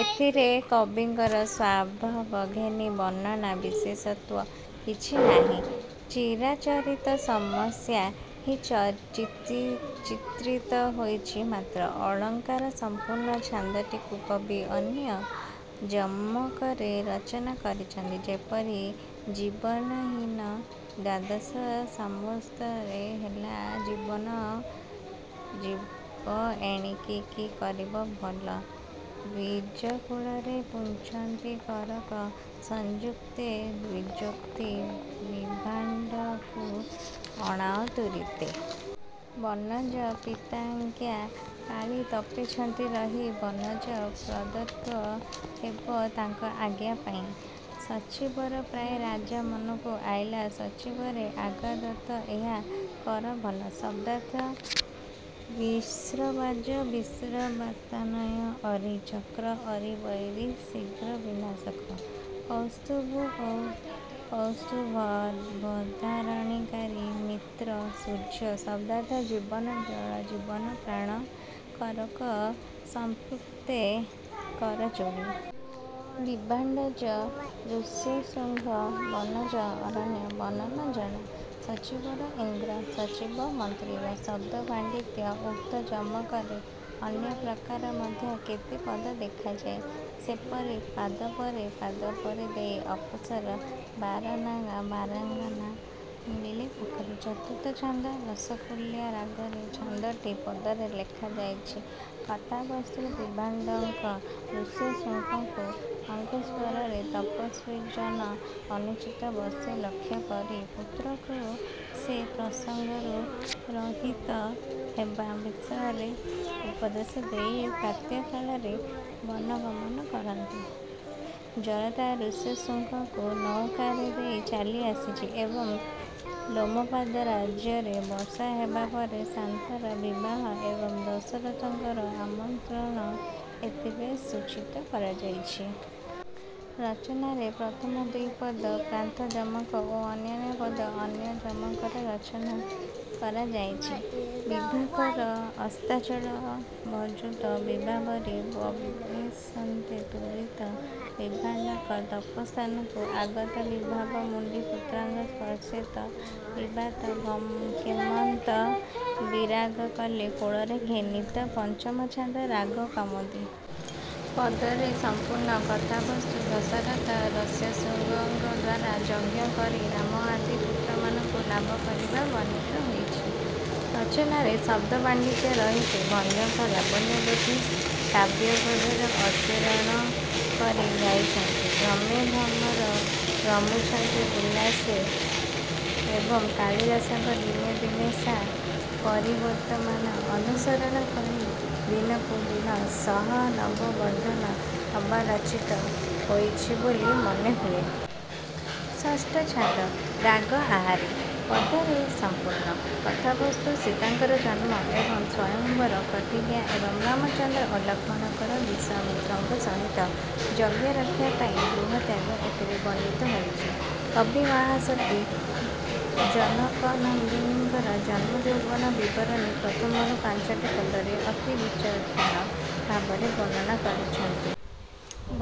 ଏଥିରେ କବିଙ୍କର ସ୍ୱଭାବଘେନି ବର୍ଣ୍ଣନା ବିଶେଷତ୍ୱ କିଛି ନାହିଁ। ଚିରାଚରିତ ସମସ୍ୟା ହିଁ ଚିତ୍ରିତ ହୋଇଛି ମାତ୍ର। ଅଳଙ୍କାର-ସଂପୂର୍ଣ୍ଣ ଛାନ୍ଦଟିକୁ କବି ଆଦ୍ୟ ଯମକରେ ରଚନା କରିଅଛନ୍ତି। ଯେପରି- ଜୀବନହୀନ ଦ୍ୱାଦଶ ସମ୍ୱତ୍ସର ହେଲା ଜୀବନ ଯିବ ଏଣିକି କି କରିବ ଭଲା। ଦ୍ୱିଜକୁଳରେ ପୁଚ୍ଛନ୍ତି କରକ ସଂଯୁକ୍ତେ ଦ୍ୱିଜୋକ୍ତି ବିଭାଣ୍ଡକକୁ ଅଣାଅ ତୁରିତେ। ବନଜ ପିତାଜ୍ଞା ପାଳି ତପେଛନ୍ତି ରହି ବନଜ ପ୍ରଦତ୍ତ ହେବ ତାଙ୍କ ଆଜ୍ଞା ପାଇ। ଶଚିବର ପ୍ରାୟ ରାଜା ମନକୁ ଅଇଲା ସଚୀବରେ ଆଜ୍ଞାଦତ୍ତ ଏହା କର ଭଲା। ଶବ୍ଦାର୍ଥ। ବିଶ୍ରବାଜ-ବିଶ୍ରବାତନୟ। ଅରି-ଚକ୍ର। ଅରି-ବୈରୀ, ଶୀଘ୍ର ବିନାଶକ। କୌସ୍ତ୍ୱଭୂ-କୌସ୍ତୁଭଧାରଣକାରୀ। ମିତ୍ର-ସୂର୍ଯ୍ୟ। ଶବ୍ଦାର୍ଥ। ଜୀବନ-ଜଳ। ଜୀବନ-ପ୍ରାଣ। କରକ ସଂପୁକ୍ତେ-କରଯୋଡ଼ି। ବିଭାଣ୍ଡଜ-ଋଷ୍ୟଶୃଙ୍ଗ। ବନଜ-ଅରଣ୍ୟ। ବନନ-ଜଳ। ଶଚିବର-ଇନ୍ଦ୍ର। ସଚୀବବ- ମନ୍ତ୍ରୀର। ଶବ୍ଦ ପାଣ୍ଡିତ୍ୟ- ଉକ୍ତ ଯମକରେ ଅନ୍ୟ ପ୍ରକାର ମଧ୍ୟ କେତେ ପଦ ଦେଖାଯାଏ। ସେପରି- ପାଦପରେ ପାଦପରେ ଦେଇ ଅପସର ବାରାଙ୍ଗନା ବାରାଙ୍ଗନା ମିଳିଲେ ପାଖର। ଚତୁର୍ଥ ଛାନ୍ଦ-ରସକୁଲ୍ୟା ରାଗରେ ଛାନ୍ଦଟି ପଦରେ ଲେଖା ଯାଇଅଛି। କଥାବସ୍ତୁ-ବିଭାଣ୍ଡକ ଋଷ୍ୟଶୃଙ୍ଗଙ୍କ ଅଙ୍ଗସ୍ପର୍ଶରେ ତପସ୍ୱୀଜନ ଅନୁଚିତ ବସ୍ତୁ ଲକ୍ଷ୍ୟ କରି ପୁତ୍ରକୁ ସେ ପ୍ରସଙ୍ଗରୁ ରହିତ ହେବା ବିଷୟରେ ଉପଦେଶ ଦେଇ ପ୍ରାତଃକାଳରେ ବନଗମନ କରନ୍ତେ, ଜରତା ୠଷ୍ୟଶୃଙ୍ଗଙ୍କୁ ନୌକାରେ ନେଇ ଚାଲିଆସିଛି ଏବଂ ଲୋମପାଦ ରାଜ୍ୟରେ ବର୍ଷା ହେବା ପରେ ଶାନ୍ତାର ବିବାହ ଏବଂ ଦଶରଥଙ୍କର ଆମନ୍ତ୍ରଣ ଏଥିରେ ସୂଚିତ କରାଯାଇଛି। ରଚନାରେ ପ୍ରଥମ ଦୁଇ ପଦ ପ୍ରାନ୍ତଯମକ ଓ ଅନ୍ୟାନ୍ୟ ପଦ ଆଦ୍ୟ ଯମକରେ ରଚନା କରାଯାଇଛି। ବିଭାକର ଅସ୍ତାଚଳ ଭଜୁତ ବିଭାବରୀ ପବେଶନ୍ତେ ତୁରିତ ବିଭାଣ୍ଡକ ତପସ୍ଥାନୁ ଆଗତ ବିଭାବ ମଣି ପୁତ୍ରାଙ୍ଗ ସ୍ପର୍ଶେତ। ବିଭାତ କେମନ୍ତ ବିରାଗ କଲେ କୋଳରେ ଘେନିତ। ପଞ୍ଚମ ଛାନ୍ଦ-ରାଗ କାମୋଦି। ପଦରେ ସମ୍ପୂର୍ଣ୍ଣ। କଥାବସ୍ତୁ- ଦଶରଥ ଋଷ୍ୟଶୃଙ୍ଗଙ୍କଦ୍ୱାରା ଯଜ୍ଞ କରି ରାମ ଆଦି ପୁତ୍ରମାନଙ୍କୁ ଲାଭ କରିବା ବର୍ଣ୍ଣିତ ହୋଇଛି। ରଚନାରେ ଶବ୍ଦପାଣ୍ଡିତ୍ୟ ରହିଛି। ଭଞ୍ଜଙ୍କ ଲାବଣ୍ୟବତୀ କାବ୍ୟର ପଦ ଅନୁସରଣ କରି ଗାଇଛନ୍ତି- ''ଭ୍ରମେ ଭ୍ରମର ଭ୍ରମୁଛନ୍ତି ଉଲ୍ଲାସେ" ଏବଂ କାଳିଦାସଙ୍କ ''ଦିନେ ଦିନେ ସା ପରିବର୍ଦ୍ଧମାନା"ଅନୁସରଣ କରି ''ଦିନକୁ ଦିନ ସହ ନବ ବର୍ଦ୍ଧନ" ଅବା ରଚିତ ହୋଇଛି ବୋଲି ମନେ ହୁଏ। ଷଷ୍ଠ ଛାନ୍ଦ-ରାଗ ଆହାରୀ। ପଦରେ ସଂପୂର୍ଣ୍ଣ। କଥାବସ୍ତୁ-ସୀତାଙ୍କର ଜନ୍ମ ଏବଂ ସ୍ୱୟଂମ୍ବର ପ୍ରତିଜ୍ଞା ଏବଂ ରାମଚନ୍ଦ୍ର ଓ ଲକ୍ଷ୍ମଣଙ୍କର ବିଶ୍ୱାମିତ୍ରଙ୍କ ସହିତ ଯଜ୍ଞରକ୍ଷା ପାଇଁ ଗୃହତ୍ୟାଗ ଏଥିରେ ବର୍ଣ୍ଣିତ ହୋଇଛି। କବି ମହାସତୀ ଜନକନନ୍ଦିନୀଙ୍କର ଜନ୍ମ ଓ ଯୌବନ ବିବରଣୀ ପ୍ରଥମରୁ ପାଞ୍ଚଟି ପଦରେ ଅତି ବିଚକ୍ଷଣ ଭାବରେ ବର୍ଣ୍ଣନା କରିଅଛନ୍ତି।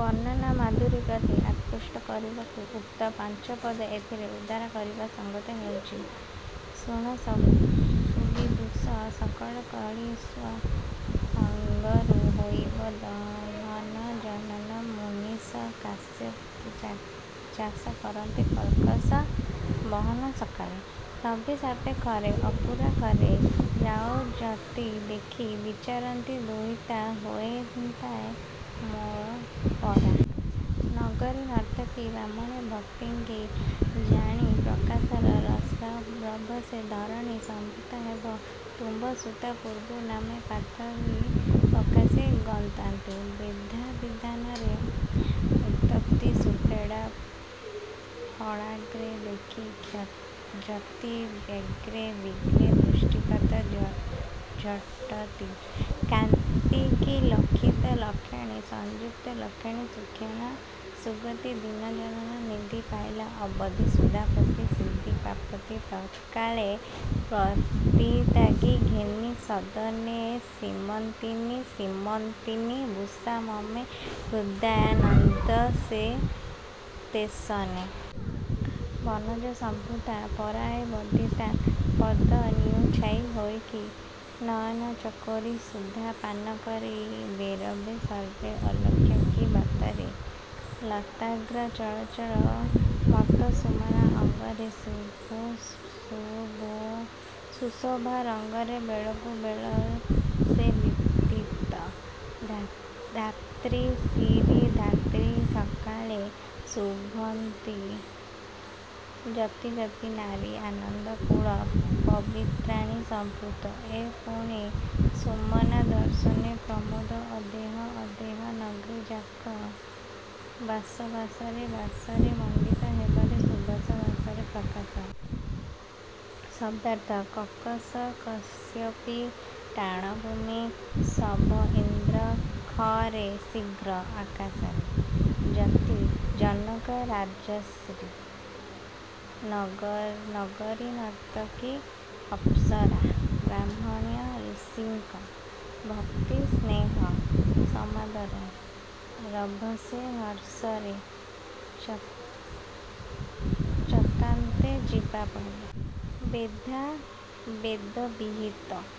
ବର୍ଣ୍ଣନାମାଧୁରୀ ପ୍ରତି ଆକୃଷ୍ଟ କରିବାକୁ ଉକ୍ତ ପାଞ୍ଚପଦ ଏଥିରେ ଉଦ୍ଧାର କରିବା ସଙ୍ଗତ ହେଉଛି- ''ଶୁଣ ସୁବିଦୁଷ ସକଳ କଳ୍ବିଷ ଅଙ୍ଗରୁ ହୋଇବ ଦହନ ଜନକ ମୁନୀଶ କାଶ୍ୟପୀକି ଚାଷ କରନ୍ତେ କର୍କଶ ବହନ ସକାଳେ, ସଭିଶାପେ ଖରେ ଅପୁରା ଖରେ ଯାଉଁ ଯତି ଦେଖି ବିଚାରନ୍ତି ଦୁହିତା ହୋନ୍ତାଏ ମୋ ପରା। ନଗରୀନର୍ତ୍ତକୀ ବ୍ରହ୍ମଣ୍ୟ ଭକ୍ତିକି ଜାଣି ପ୍ରକାଶର ରଭସେ ଧରଣୀ ସମ୍ଭୂତା ହେବ ତୁମ୍ଭ ସୁତା ପୂର୍ବୁ ନାଁ ପାର୍ଥବୀ ପ୍ରକାଶେ ଗତାନ୍ତେ। ବେଧା ବିଧାନରେ ଉତ୍ପତ୍ତି ସୁଫେଡ଼ା ଫଳାଗ୍ରେ ଦେଖି ଯତି ବ୍ୟଗ୍ରେ ବିଘ୍ନେ ଦୃଷ୍ଟିପାତ ଝଟତି। କାନ୍ତିକି ଲକ୍ଷିତ ଲକ୍ଷଣେ ସଂଯୁକ୍ତ ଲକ୍ଷଣେ ସୁକ୍ଷେଣ ସୁଗତି ଦୀନଜନ ନିଧି ପାଇଲା ଅବଧି ସୁଧାପତି ସିଦ୍ଧି ପ୍ରାପତି ତତ୍କାଳେ, ପବିତ୍ରାଙ୍ଗି ଘେନି ସଦନେ ସୀମନ୍ତିନୀ-ସୀମନ୍ତିନୀ ଭୂଷା ମମ୍ମେ 'ହୃଦୟାନନ୍ଦ ସେ ତେସନେ। ବନଜସମ୍ଭୂତା ପରାୟେ ବର୍ଦ୍ଧିତା ପଦ ନିଉଛାଇ ହୋଇକି ନୟନ ଚକୋରୀ ସୁଧା ପାନକରି ବେରବେ ସର୍ବେ ଅଲକ୍ଷକି ବାତରେ, ଲତାଗ୍ର ଚଳଚଳ ମତ ସୁମନା ଅଙ୍ଗରେ ସୁଶୋଭା ରଙ୍ଗରେ ବେଳକୁ ବେଳ ସେ ବିଦୀପ୍ତ। ଧାତ୍ରୀ ଶିରୀ ଧାତ୍ରୀ କୋଳେ ସୁଶୋଭନ୍ତି ଯତି ଯତି ନାରୀ ଆନନ୍ଦ କୂଳ ପବିତ୍ରାଣୀ ସମ୍ଭୂତା ଏ ପୁଣି ସୁମନା ଦର୍ଶନେ ପ୍ରମୋଦ ଅଦେହ, ଅଦେହ ନଗ୍ରେ ଯାଙ୍କ ବାସ ବାସରେ ବାସରେ ମଣ୍ଡିତ ହେବାରେ ସୁବାସ ବାସରେ ପ୍ରକାଶ। ଶଦ୍ଦାର୍ଥ। କକଶ କାଶ୍ୟପୀ - ଟାଣଭୂମି। ସଭ - ଇନ୍ଦ୍ର। 'ଖ' ରେ - ଶୀଘ୍ର, ଆକାଶରେ। ଯତି - ଜନକ ରାଜର୍ଷି। ନଗରୀନର୍ତ୍ତକୀ - ଅପ୍ସରା। ବ୍ରାହ୍ମଣ୍ୟ - ଋଷିଙ୍କ। ଭକ୍ତି - ସ୍ନେହ, ସମାଦର। ରଭସେ - ହର୍ଷରେ। ଚତାନ୍ତେ - ଯିବାପରେ। ବେଧା - ବେଦବିହିତ।